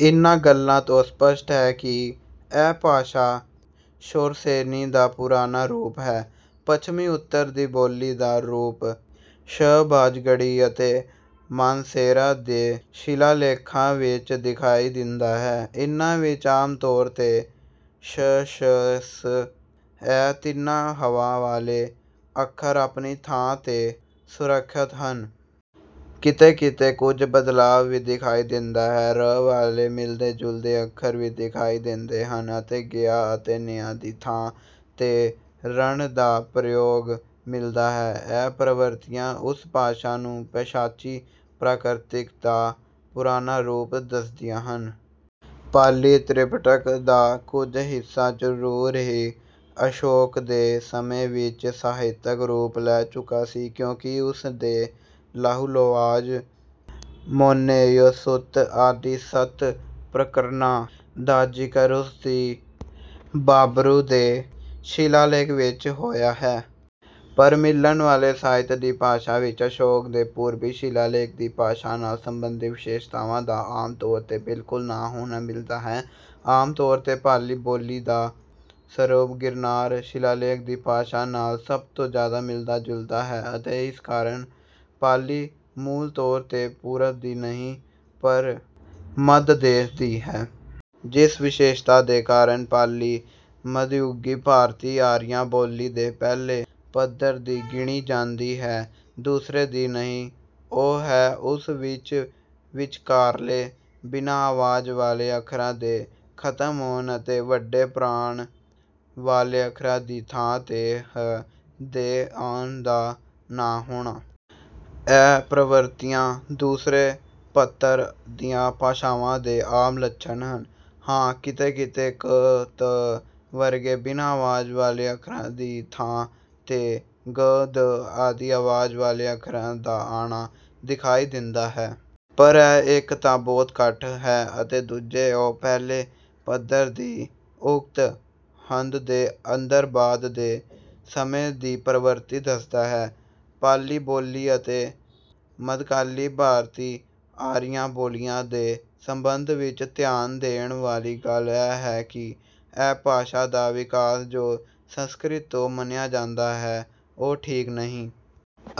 ਇਨ੍ਹਾਂ ਗੱਲਾਂ ਤੋਂ ਸਪੱਸ਼ਟ ਹੈ ਕਿ ਇਹ ਭਾਸ਼ਾ ਸ਼ੌਰਸੇਨੀ ਦਾ ਪੁਰਾਣਾ ਰੂਪ ਹੈ। ਪੱਛਮੀ ਉੱਤਰ ਦੀ ਬੋਲੀ ਦਾ ਰੂਪ ਸ਼ਹਬਾਜਗੜੀ ਅਤੇ ਮਾਨਸੇਰਾ ਦੇ ਸ਼ਿਲਾਲੇਖਾਂ ਵਿੱਚ ਦਿਖਾਈ ਦਿੰਦਾ ਹੈ। ਇਨ੍ਹਾਂ ਵਿੱਚ ਆਮ ਤੌਰ ਤੇ ਸ਼ ਸ਼ ਸ ਇਹ ਤਿੰਨਾਂ ਹਵਾ ਵਾਲੇ ਅੱਖਰ ਆਪਣੀ ਥਾਂ ਤੇ ਸੁਰੱਖਿਅਤ ਹਨ। ਕਿਤੇ ਕਿਤੇ ਕੁੱਝ ਬਦਲਾਅ ਵੀ ਦਿਖਾਈ ਦਿੰਦਾ ਹੈ। ਰ ਵਾਲੇ ਮਿਲਦੇ ਜੁਲਦੇ ਅੱਖਰ ਵੀ ਦਿਖਾਈ ਦਿੰਦੇ ਹਨ ਅਤੇ ਗਿਆ ਅਤੇ ਨਿਆ ਦੀ ਥਾਂ ਤੇ ਰਣ ਦਾ ਪ੍ਰਯੋਗ ਮਿਲਦਾ ਹੈ। ਇਹ ਪ੍ਰਵਿਰਤੀਆਂ ਉਸ ਭਾਸ਼ਾ ਨੂੰ ਪੈਸ਼ਾਚੀ ਪ੍ਰਾਕ੍ਰਿਤ ਦਾ ਪੁਰਾਣਾ ਰੂਪ ਦੱਸਦੀਆਂ ਹਨ। ਪਾਲੀ ਤ੍ਰਿਪਿਟਕ ਦਾ ਕੁੱਝ ਹਿੱਸਾ ਜਰੂਰ ਹੀ ਅਸ਼ੋਕ ਦੇ ਸਮੇਂ ਵਿੱਚ ਸਾਹਿਤਕ ਰੂਪ ਲੈ ਚੁੱਕਾ ਸੀ ਕਿਉਂਕਿ ਉਸ ਦੇ ਲਾਹੁਲੋਵਾਦ ਮੋਨੇਇਯਸੁੱਤ ਆਦਿ ਸੱਤ ਪ੍ਰਕਰਣਾਂ ਦਾ ਜ਼ਿਕਰ ਉਸਦੀ ਭਾਬਰੂ ਦੇ ਸ਼ਿਲਾਲੇਖ ਵਿੱਚ ਹੋਇਆ ਹੈ। ਪਰ ਮਿਲਣ ਵਾਲੇ ਸਾਹਿਤ ਦੀ ਭਾਸ਼ਾ ਵਿੱਚ ਅਸ਼ੋਕ ਦੇ ਪੂਰਬੀ ਸ਼ਿਲਾਲੇਖ ਦੀ ਭਾਸ਼ਾ ਨਾਲ ਸਬੰਧਿਤ ਵਿਸ਼ੇਸ਼ਤਾਵਾਂ ਦਾ ਆਮ ਤੌਰ ਤੇ ਬਿਲਕੁਲ ਨਾ ਹੋਣਾ ਮਿਲਦਾ ਹੈ। ਆਮ ਤੌਰ ਤੇ ਪਾਲੀ ਬੋਲੀ ਦਾ ਸਰੂਪ ਗਿਰਨਾਰ ਸ਼ਿਲਾਲੇਖ ਦੀ ਭਾਸ਼ਾ ਨਾਲ ਸਭ ਤੋਂ ਜਿਆਦਾ ਮਿਲਦਾ ਜੁਲਦਾ ਹੈ ਅਤੇ ਇਸ ਕਾਰਨ ਪਾਲੀ ਮੂਲ ਤੌਰ ਤੇ ਪੂਰਬ ਦੀ ਨਹੀਂ ਪਰ ਮੱਧ ਦੇਸ਼ ਦੀ ਹੈ। ਜਿਸ ਵਿਸ਼ੇਸ਼ਤਾ ਦੇ ਕਾਰਨ ਪਾਲੀ ਮਧਯੁਗੀ ਭਾਰਤੀ ਆਰੀਆ ਬੋਲੀ ਦੇ ਪਹਿਲੇ ਪੱਧਰ ਦੀ ਗਿਣੀ ਜਾਂਦੀ ਹੈ ਦੂਸਰੇ ਦੀ ਨਹੀਂ ਉਹ ਹੈ ਉਸ ਵਿੱਚ ਵਿਚਕਾਰਲੇ ਬਿਨਾਂ ਆਵਾਜ਼ ਵਾਲੇ ਅੱਖਰਾਂ ਦੇ ਖਤਮ ਹੋਣ ਅਤੇ ਵੱਡੇ ਪ੍ਰਾਣ ਵਾਲੇ ਅੱਖਰਾਂ ਦੀ ਥਾਂ ਤੇ ਹ ਦੇ ਆਉਣ ਦਾ ਨਾ ਹੋਣਾ। ਇਹ ਪ੍ਰਵਿਰਤੀਆਂ ਦੂਸਰੇ ਪੱਧਰ ਦੀਆਂ ਭਾਸ਼ਾਵਾਂ ਦੇ ਆਮ ਲੱਛਣ ਹਨ। ਹਾਂ ਕਿਤੇ ਕਿਤੇ ਕ ਤ ਵਰਗੇ ਬਿਨਾਂ ਆਵਾਜ਼ ਵਾਲੇ ਅੱਖਰਾਂ ਦੀ ਥਾਂ ਤੇ ਗ ਦ ਆਦਿ ਆਵਾਜ਼ ਵਾਲੇ ਅੱਖਰਾਂ ਦਾ ਆਉਣਾ ਦਿਖਾਈ ਦਿੰਦਾ ਹੈ। ਪਰ ਇਹ ਇੱਕ ਤਾਂ ਬਹੁਤ ਘੱਟ ਹੈ ਅਤੇ ਦੂਜੇ ਉਹ ਪਹਿਲੇ ਪੱਧਰ ਦੀ ਉਕਤ ਹੱਦ ਦੇ ਅੰਦਰ ਬਾਅਦ ਦੇ ਸਮੇਂ ਦੀ ਪ੍ਰਵਿਰਤੀ ਦੱਸਦਾ ਹੈ। ਪਾਲੀ ਬੋਲੀ ਅਤੇ ਮੱਧਕਾਲੀ ਭਾਰਤੀ ਆਰੀਆ ਬੋਲੀਆਂ ਦੇ ਸੰਬੰਧ ਵਿੱਚ ਧਿਆਨ ਦੇਣ ਵਾਲੀ ਗੱਲ ਇਹ ਹੈ ਕਿ ਇਹ ਭਾਸ਼ਾ ਦਾ ਵਿਕਾਸ ਜੋ ਸੰਸਕ੍ਰਿਤ ਤੋਂ ਮੰਨਿਆ ਜਾਂਦਾ ਹੈ ਉਹ ਠੀਕ ਨਹੀਂ।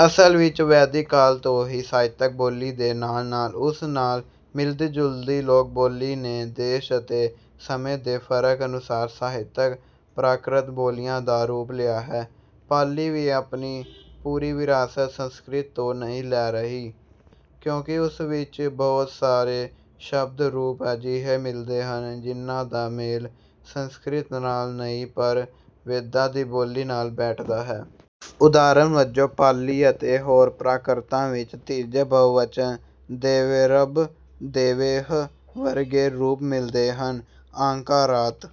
ਅਸਲ ਵਿੱਚ ਵੈਦਿਕ ਕਾਲ ਤੋਂ ਹੀ ਸਾਹਿਤਕ ਬੋਲੀ ਦੇ ਨਾਲ ਨਾਲ ਉਸ ਨਾਲ ਮਿਲਦੀ ਜੁਲਦੀ ਲੋਕ ਬੋਲੀ ਨੇ ਦੇਸ਼ ਅਤੇ ਸਮੇਂ ਦੇ ਫਰਕ ਅਨੁਸਾਰ ਸਾਹਿਤਕ ਪ੍ਰਾਕ੍ਰਿਤ ਬੋਲੀਆਂ ਦਾ ਰੂਪ ਲਿਆ ਹੈ। ਪਾਲੀ ਵੀ ਆਪਣੀ ਪੂਰੀ ਵਿਰਾਸਤ ਸੰਸਕ੍ਰਿਤ ਤੋਂ ਨਹੀਂ ਲੈ ਰਹੀ ਕਿਉਂਕਿ ਉਸ ਵਿੱਚ ਬਹੁਤ ਸਾਰੇ ਸ਼ਬਦ ਰੂਪ ਅਜਿਹੇ ਮਿਲਦੇ ਹਨ ਜਿਨ੍ਹਾਂ ਦਾ ਮੇਲ ਸੰਸਕ੍ਰਿਤ ਨਾਲ ਨਹੀਂ ਪਰ ਵੇਦਾਂ ਦੀ ਬੋਲੀ ਨਾਲ ਬੈਠਦਾ ਹੈ। ਉਦਾਹਰਨ ਵਜੋਂ ਪਾਲੀ ਅਤੇ ਹੋਰ ਪ੍ਰਾਕ੍ਰਿਤਾਂ ਵਿੱਚ ਤੀਜੇ ਬਹੁਵਚਨ ਦੇਵੇਰਭਿ ਦੇਵੇਹਿ ਵਰਗੇ ਰੂਪ ਮਿਲਦੇ ਹਨ। ਆਕਾਰਾਂਤ